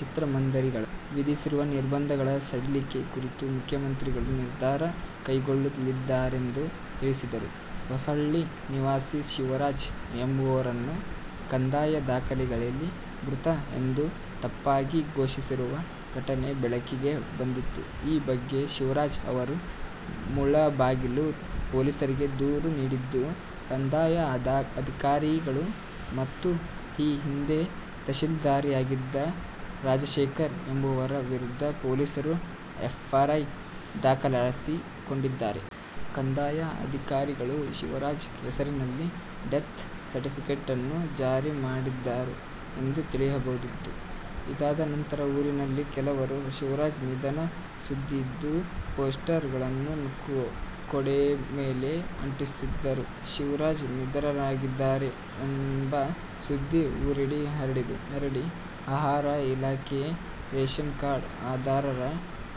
ಚಿತ್ರಮಂದಿರಗಳಿಗೆ ವಿಧಿಸಿರುವ ನಿರ್ಬಂಧಗಳ ಸಡಿಲಿಕೆ ಕುರಿತು ಮುಖ್ಯಮಂತ್ರಿಗಳು ನಿರ್ಧಾರ ಕೈಗೊಳ್ಳಲಿದ್ದಾರೆಂದು ತಿಳಿಸಿದರು. ಹೊಸಹಳ್ಳಿ ನಿವಾಸಿ ಶಿವರಾಜ್ ಎಂಬುವವರನ್ನು ಕಂದಾಯ ದಾಖಲೆಗಳಲ್ಲಿ ಮೃತ ಎಂದು ತಪ್ಪಾಗಿ ಘೋಷಿಸಿರುವ ಘಟನೆ ಬೆಳಕಿಗೆ ಬಂದಿದೆ. ಈ ಬಗ್ಗೆ ಶಿವರಾಜ್ ಅವರು ಮುಳಬಾಗಿಲು ಪೊಲೀಸರಿಗೆ ದೂರು ನೀಡಿದ್ದು, ಕಂದಾಯ ಅಧಿಕಾರಿಗಳು ಮತ್ತು ಈ ಹಿಂದೆ ತಹಶೀಲ್ದಾರರಾಗಿದ್ದ ರಾಜಶೇಖರ್ ಎಂಬುವವರ ವಿರುದ್ಧ ಪೊಲೀಸರು ಎಫ್ ಐ ಆರ್ ದಾಖಲಿಸಿಕೊಂಡಿದ್ದಾರೆ. ಕಂದಾಯ ಅಧಿಕಾರಿಗಳು ಶಿವರಾಜ್ ಹೆಸರಿನಲ್ಲಿ ಡೆತ್ ಸರ್ಟಿಫಿಕೆಟನ್ನೂ ಜಾರಿ ಮಾಡಿದ್ದರು ಎಂದು ತಿಳಿದುಬಂದಿದೆ. ಇದಾದ ನಂತರ ಊರಿನಲ್ಲಿ ಕೆಲವರು ಶಿವರಾಜ್ ನಿಧನ ಸುದ್ದಿಯಿದ್ದ ಪೋಸ್ಟರ್ ಗಳನ್ನು ಗೋಡೆ ಮೇಲೆ ಅಂಟಿಸಿದ್ದರು. ಶಿವರಾಜ್ ನಿಧನರಾಗಿದ್ದಾರೆ ಎಂಬ ಸುದ್ದಿ ಊರಿಡೀ ಹರಡಿ, ಆಹಾರ ಇಲಾಖೆ ರೇಷನ್ ಕಾರ್ಡ್ ದಾರರ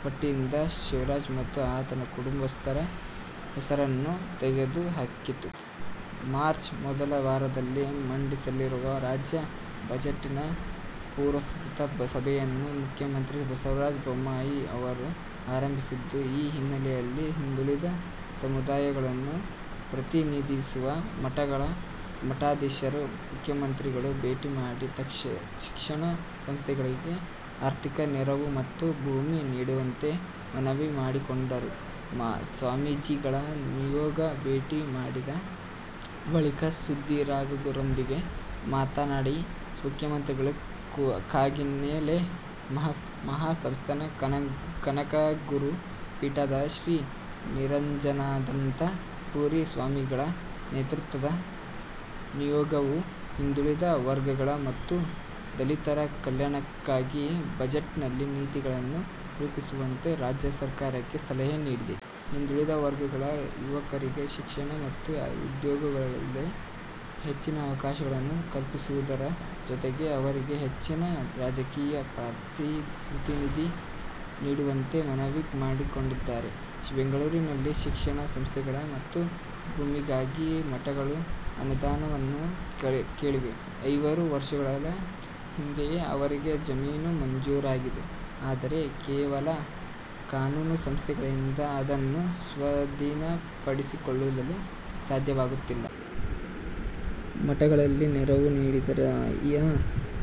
ಪಟ್ಟಿಯಿಂದ ಶಿವರಾಜ್ ಮತ್ತು ಆತನ ಕುಟುಂಬಸ್ಥರ ಹೆಸರನ್ನು ತೆಗೆದು ಹಾಕಿತ್ತು. ಮಾರ್ಚ್ ಮೊದಲ ವಾರದಲ್ಲಿ ಮಂಡಿಸಲಿರುವ ರಾಜ್ಯ ಬಜೆಟ್ನ ಪೂರ್ವಸಿದ್ಧತಾ ಸಭೆಯನ್ನು ಮುಖ್ಯಮಂತ್ರಿ ಬಸವರಾಜ ಬೊಮ್ಮಾಯಿ ಅವರು ಆರಂಭಿಸಿದ್ದು, ಈ ಹಿನ್ನೆಲೆಯಲ್ಲಿ ಹಿಂದುಳಿದ ಸಮುದಾಯಗಳನ್ನು ಪ್ರತಿನಿಧಿಸುವ ಮಠಗಳ ಮಠಾಧೀಶರು ಮುಖ್ಯಮಂತ್ರಿಗಳನ್ನು ಭೇಟಿ ಮಾಡಿ ಶಿಕ್ಷಣ ಸಂಸ್ಥೆಗಳಿಗೆ ಆರ್ಥಿಕ ನೆರವು ಮತ್ತು ಭೂಮಿ ನೀಡುವಂತೆ ಮನವಿ ಮಾಡಿಕೊಂಡರು. ಸ್ವಾಮೀಜಿಗಳ ನಿಯೋಗ ಭೇಟಿ ಮಾಡಿದ ಬಳಿಕ ಸುದ್ದಿಗಾರರೊಂದಿಗೆ ಮಾತನಾಡಿದ ಮುಖ್ಯಮಂತ್ರಿಗಳು, ಕಾಗಿನೆಲೆ ಮಹಾಸಂಸ್ಥಾನ ಕನಕಗುರು ಪೀಠದ ಶ್ರೀ ನಿರಂಜನಾನಂದ ಪುರಿ ಸ್ವಾಮಿಗಳ ನೇತೃತ್ವದ ನಿಯೋಗವು ಹಿಂದುಳಿದ ವರ್ಗಗಳ ಮತ್ತು ದಲಿತರ ಕಲ್ಯಾಣಕ್ಕಾಗಿ ಬಜೆಟ್ನಲ್ಲಿ ನೀತಿಗಳನ್ನು ರೂಪಿಸುವಂತೆ ರಾಜ್ಯ ಸರ್ಕಾರಕ್ಕೆ ಸಲಹೆ ನೀಡಿದೆ. ಹಿಂದುಳಿದ ವರ್ಗಗಳ ಯುವಕರಿಗೆ ಶಿಕ್ಷಣ ಮತ್ತು ಉದ್ಯೋಗದಲ್ಲಿ ಹೆಚ್ಚಿನ ಅವಕಾಶಗಳನ್ನು ಕಲ್ಪಿಸುವುದರ ಜೊತೆಗೆ ಅವರಿಗೆ ಹೆಚ್ಚಿನ ರಾಜಕೀಯ ಪ್ರಾತಿನಿಧ್ಯ ನೀಡುವಂತೆ ಮನವಿ ಮಾಡಿಕೊಂಡಿದ್ದಾರೆ. ಬೆಂಗಳೂರಿನಲ್ಲಿ ಶಿಕ್ಷಣ ಸಂಸ್ಥೆಗಳು ಮತ್ತು ಭೂಮಿಗಾಗಿ ಮಠಗಳು ಅನುದಾನವನ್ನು ಕೇಳಿವೆ. ಐದಾರು ವರ್ಷಗಳ ಹಿಂದೆಯೇ ಅವರಿಗೆ ಜಮೀನು ಮಂಜೂರಾಗಿದೆ. ಆದರೆ ಕೆಲವು ಕಾನೂನು ಸಮಸ್ಯೆಗಳಿಂದ ಅದನ್ನು ಸ್ವಾಧೀನಪಡಿಸಿಕೊಳ್ಳಲು ಸಾಧ್ಯವಾಗಿಲ್ಲ. ಮಠಗಳಿಗೆ ನೆರವು ನೀಡಿದರೆ, ಆ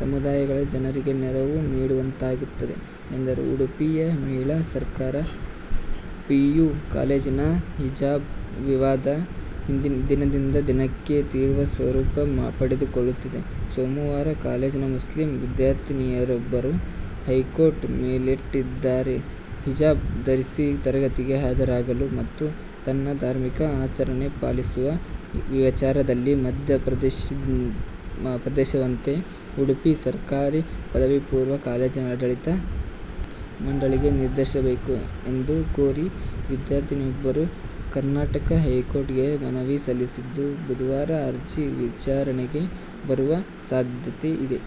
ಸಮುದಾಯಗಳ ಜನರಿಗೆ ನೆರವು ನೀಡಿದಂತಾಗುತ್ತದೆ ಎಂದರು. ಉಡುಪಿಯ ಮಹಿಳಾ ಸರಕಾರಿ ಪಿಯು ಕಾಲೇಜಿನ ಹಿಜಾಬ್ ವಿವಾದ ದಿನದಿಂದ ದಿನಕ್ಕೆ ತೀವ್ರ ಸ್ವರೂಪ ಪಡೆದುಕೊಳ್ಳುತ್ತಿದ್ದು, ಸೋಮವಾರ ಕಾಲೇಜ್ ನ ಮುಸ್ಲಿಂ ವಿದ್ಯಾರ್ಥಿನಿಯೊಬ್ಬರು ಹೈಕೋರ್ಟ್ ಮೆಟ್ಟಿಲೇರಿದ್ದಾರೆ. ಹಿಜಾಬ್ ಧರಿಸಿ ತರಗತಿಗೆ ಹಾಜರಾಗಲು ಮತ್ತು ತನ್ನ ಧಾರ್ಮಿಕ ಆಚರಣೆ ಪಾಲಿಸುವ ವಿಚಾರದಲ್ಲಿ ಮಧ್ಯಪ್ರವೇಶಿಸದಂತೆ ಉಡುಪಿ ಸರ್ಕಾರಿ ಪದವಿ ಪೂರ್ವ ಕಾಲೇಜಿನ ಆಡಳಿತ ಮಂಡಳಿಗೆ ನಿರ್ದೇಶಿಸಬೇಕು ಎಂದು ಕೋರಿ ವಿದ್ಯಾರ್ಥಿನಿಯೊಬ್ಬರು ಕರ್ನಾಟಕ ಹೈಕೋರ್ಟ್ ಗೆ ಮನವಿ ಸಲ್ಲಿಸಿದ್ದು, ಬುಧವಾರ ಅರ್ಜಿ ವಿಚಾರಣೆಗೆ ಬರುವ ಸಾಧ್ಯತೆ ಇದೆ.